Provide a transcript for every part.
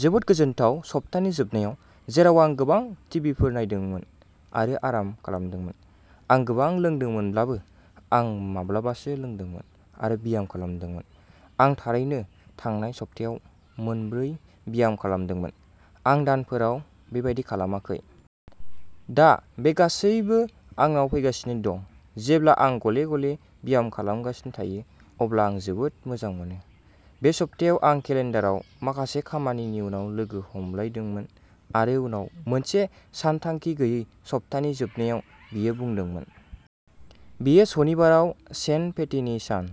जोबोद गोजोनथाव सप्तानि जोबनायाव, जेराव आं गोबां टिभिफोर नायदोंमोन आरो आराम खालामदोंमोन। आं गोबां लोंदोंमोनब्लाबो, आं माब्लाबासो लोंदोंमोन आरो ब्याम खालामदोंमोन। आं थारैनो थांनाय सप्तायाव मोन ब्रै ब्याम खालामदोंमोन। आं दानफोराव बेबादि खालामाखै। दा बे गासैबो आंनाव फैगासिनो दं। जेब्ला आं गले गले ब्याम खालामगासिनो थायो, अब्ला आं जोबोद मोजां मोनो। बे सप्तायाव आं केलेनदाराव माखासे खामानिनि उनाव लोगो हमलायदोंमोन आरो उनाव मोनसे सानथांखि गैयै सप्तानि जोबनायाव बियो बुंदोंमोन। बेयो सनिबाराव सेन्ट पेटिनि सान।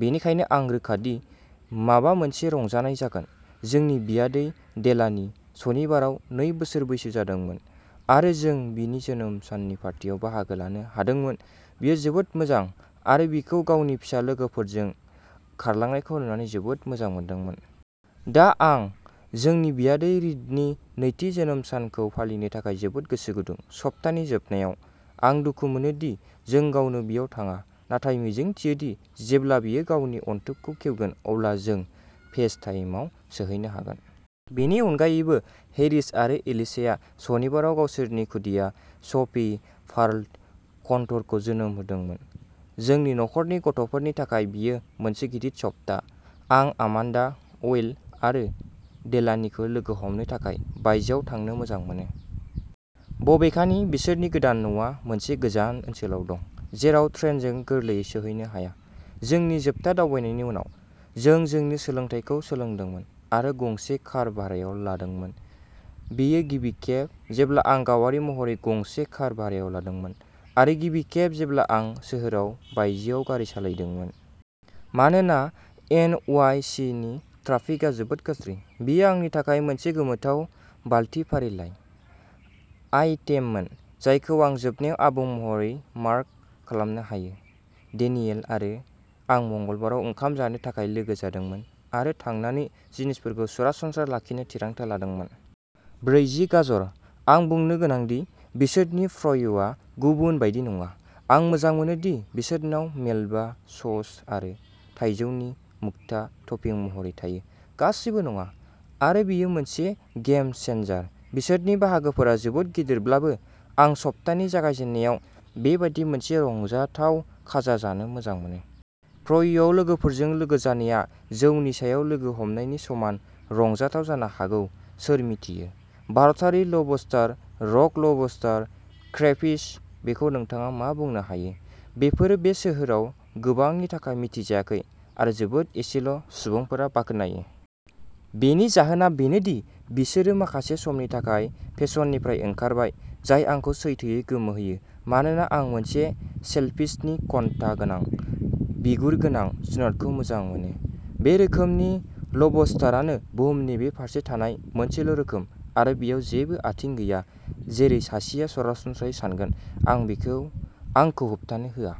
बेनिखायनो आं रोखा दि माबा मोनसे रंजानाय जागोन। जोंनि बियादै, डेलानी, सनिबाराव नै बोसोर बैसो जादोंमोन आरो जों बिनि जोनोम साननि पार्टियाव बाहागो लानो हादोंमोन। बियो जोबोद मोजां आरो बिखौ गावनि फिसा लोगोफोरजों खारलांनायखौ नुनानै जोबोद मोजां मोनदोंमोन। दा आं जोंनि बियादै रिदनि नैथि जोनोम सानखौ फालिनो थाखाय जोबोद गोसो गुदुं। सप्तानि जोबनायाव। आं दुखु मोनो दि जों गावनो बेयाव थाङा, नाथाय मिजिंथियोदि जेब्ला बियो गावनि अनथोबखौ खेवगोन अब्ला जों फेस टाइमआव सौहैनो हागोन। बेनि अनगायैबो, हेरिस आरो एलिसाया सनिबाराव गावसोरनि खुदिया, सफी पार्ल कनटरखौ जोनोम होदोंमोन। जोंनि नखरनि गथ'फोरनि थाखाय बेयो मोनसे गिदिर सप्ता। आं आमान्डा, उइल आरो डेलानीखौ लोगो हमनो थाखाय बायजोआव थांनो मोजां मोनो। बबेखानि, बिसोरनि गोदान न'आ मोनसे गोजान ओनसोलाव दं। जेराव ट्रेनजों गोरलैयै सौहैनो हाया। जोंनि जोबथा दावबायनायनि उनाव, जों जोंनि सोलोंथायखौ सोलोंदोंमोन आरो गंसे कार भारायाव लादोंमोन। बेयो गिबि खेब जेब्ला आं गावारि महरै गंसे कार भारायाव लादोंमोन आरो गिबि खेब जेब्ला आं सोहोराव बायजोआव गारि सालायदोंमोन। मानोना एन वाइ सि नि ट्राफिकआ जोबोद गाज्रि। बेयो आंनि थाखाय मोनसे गोमोथाव बालति फारिलाइ आइटेममोन जायखौ आं जोबनायाव आबुं महरै मार्क खालामनो हायो। डेनियेल आरो आं मंगलबाराव ओंखाम जानो थाखाय लोगो जादोंमोन आरो थांनानै जिनिसफोरखौ सरासनस्रा लाखिनो थिरांथा लादोंमोन। ब्रैजि गाजर। आं बुंनो गोनां दि, बिसोरनि फ्रयआ गुबुन बायदि नङा। आं मोजां मोनो दि बिसोरनाव मेलबा सस आरो थाइजौनि मुक्ता टपिं महरै थायो। गासैबो नङा, आरो बेयो मोनसे गेम चेनजार। बिसोरनि बाहागोफोरा जोबोद गिदिरब्लाबो, आं सप्तानि जागायजेननायाव बेबादि मोनसे रंजाथाव खाजा जानो मोजां मोनो। फ्रयआव लोगोफोरजों लोगो जानाया जौनि सायाव लोगो हमनायनि समान रंजाथाव जानो हागौ सोर मिथियो? भारतारि लबस्टार, रक लबस्टार, क्रेफिश, बेखौ नोंथाङा मा बुंनो हायो? बेफोरो बे सोहोराव गोबांनि थाखाय मिथिजायाखै, आरो जोबोद एसेल' सुबुंफोरा बाख्नायो। बेनि जाहोना बेनो दि बिसोरो माखासे समनि थाखाय फेसननिफ्राय ओंखारबाय, जाय आंखौ सैथोयै गोमोहोयो, मानोना आं मोनसे सेलफिसनि कनथा गोनां, बिगुर गोनां, जुनारखौ मोजां मोनो। बे रोखोमनि लबस्टारानो बुहुमनि बे फारसे थानाय मोनसेल' रोखोम, आरो बेयाव जेबो आथिं गैया जेरै सासेआ सरासनस्रायै सानगोन। आं बेखौ आंखौ होबथानो होआ।